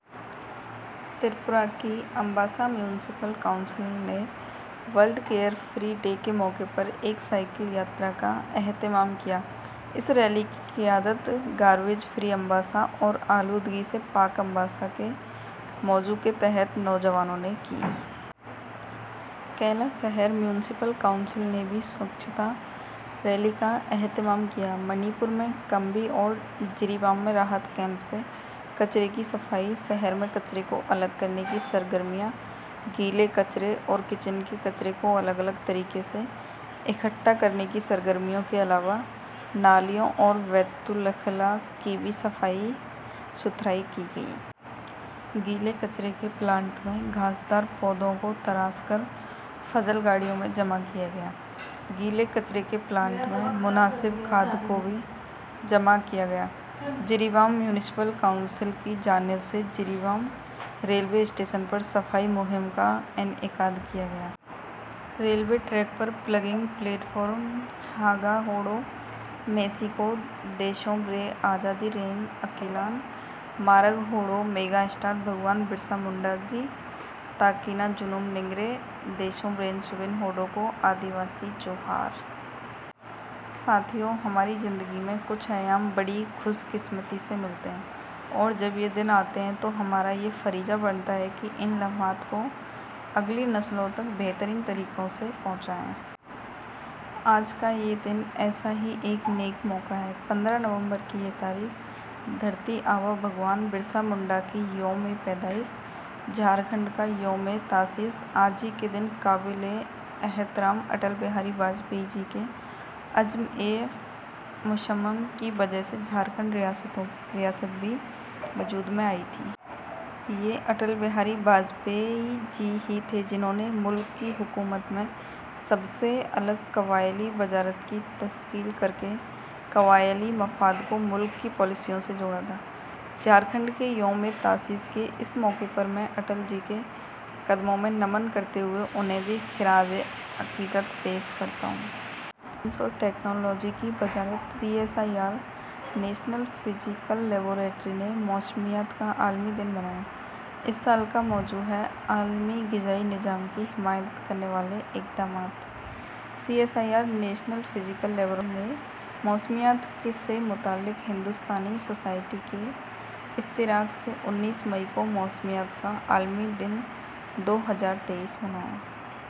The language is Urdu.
تریپورہ کی امباسا میونسپل کونسل نے ورلڈ کیئر فری ڈے کے موقع پر ایک سائیکل یاترا کا اہتمام کیا۔ اس ریلی کی قیادت ’گاربیج فری امباسا‘ اور ’آلودگی سے پاک امباسا‘ کے موضوع کے تحت نوجوانوں نے کی۔ کیلاش ہر میونسپل کونسل نے بھی سوچھتا ریلی کا اہتمام کیا۔ منی پور میں کمبی اور جری بام میں راحتی کیمپ سے کچرے کی صفائی، شہر میں کچرے کو الگ کرنے کی سرگرمیاں، گیلے کچرے نیز کچن کے کچرے کو الگ الگ طریقے سے اکٹھا کرنے کی سرگرمیوں کے علاوہ نالوں اور بیت الخلاء کی بھی صفائی ستھرائی کی گئی۔ گیلے کچرے کے پلانٹ میں گھاس دار پودوں کو تراش کر فضلہ گاڑیوں میں جمع کیا گیا۔ گیلے کچرے کے پلانٹ میں مناسب کھاد کو بھی جمع کیا گیا۔ جیری بام میونسپل کونسل کی جانب سے جیری بام ریلوے اسٹیشن پر صفائی مہم کا انعقاد کیا گیا۔ ریلوے ٹریک پر پلگنگ، پلیٹ فارم... ہاگا اوڑو میسی کو، دیسوم رے آ آزادی رین اکیلان مارگ ہوڑو، میگا اسٹار بھگوان برسا منڈا جی، تاکینا جونوم نیگرے، دیسوم رین سوبین ہوڑو کو، آدی باسی جوہار۔ ساتھیو! ہماری زندگی میں کچھ ایام بڑی خوش قسمتی سے ملتے ہیں اور جب یہ دن آتے ہیں تو ہمارا یہ فریضہ بنتا ہے کہ ان لمحات کو اگلی نسلوں تک بہترین طریقوں سے پہنچائیں۔ آج کا یہ دن ایسا ہی ایک نیک موقع ہے۔ پندرہ نومبر کی یہ تاریخ! دھرتی آبا بھگوان برسا منڈا کی یومِ پیدائش! جھارکھنڈ کا یومِ تاسیس! آج ہی کے دن قابلِ احترام اٹل بہاری واجپئی جی کے عزمِ مصمم کی وجہ سے جھارکھنڈ ریاست بھی وجود میں آئی تھی۔ یہ اٹل بہاری واجپئی جی ہی تھے، جنہوں نے ملک کی حکومت میں سب سے الگ قبائلی وزارت کی تشکیل کرکے قبائلی مفادات کو ملک کی پالیسیوں سے جوڑا تھا۔ جھارکھنڈ کے یومِ تاسیس کے اس موقع پر میں اٹل جی کے قدموں میں نمن کرتے ہوئے انہیں بھی خراجِ عقیدت پیش کرتا ہوں۔ ساتھیو! سائنس اور ٹیکنالوجی کی وزارت C S I R National Physical Laboratory نے موسمیات کا عالمی دن منایا۔ اس سال کا موضوع ہے، "عالمی غذائی نظام کی حمایت کرنے والے اقدامات"۔ C S I R National Physical Laboratory نے موسمیات سے متعلق بھارتی سوسائٹی کے اشتراک سے انیس مئی کو موسمیات کا عالمی دن دو ہزار تئیس منایا۔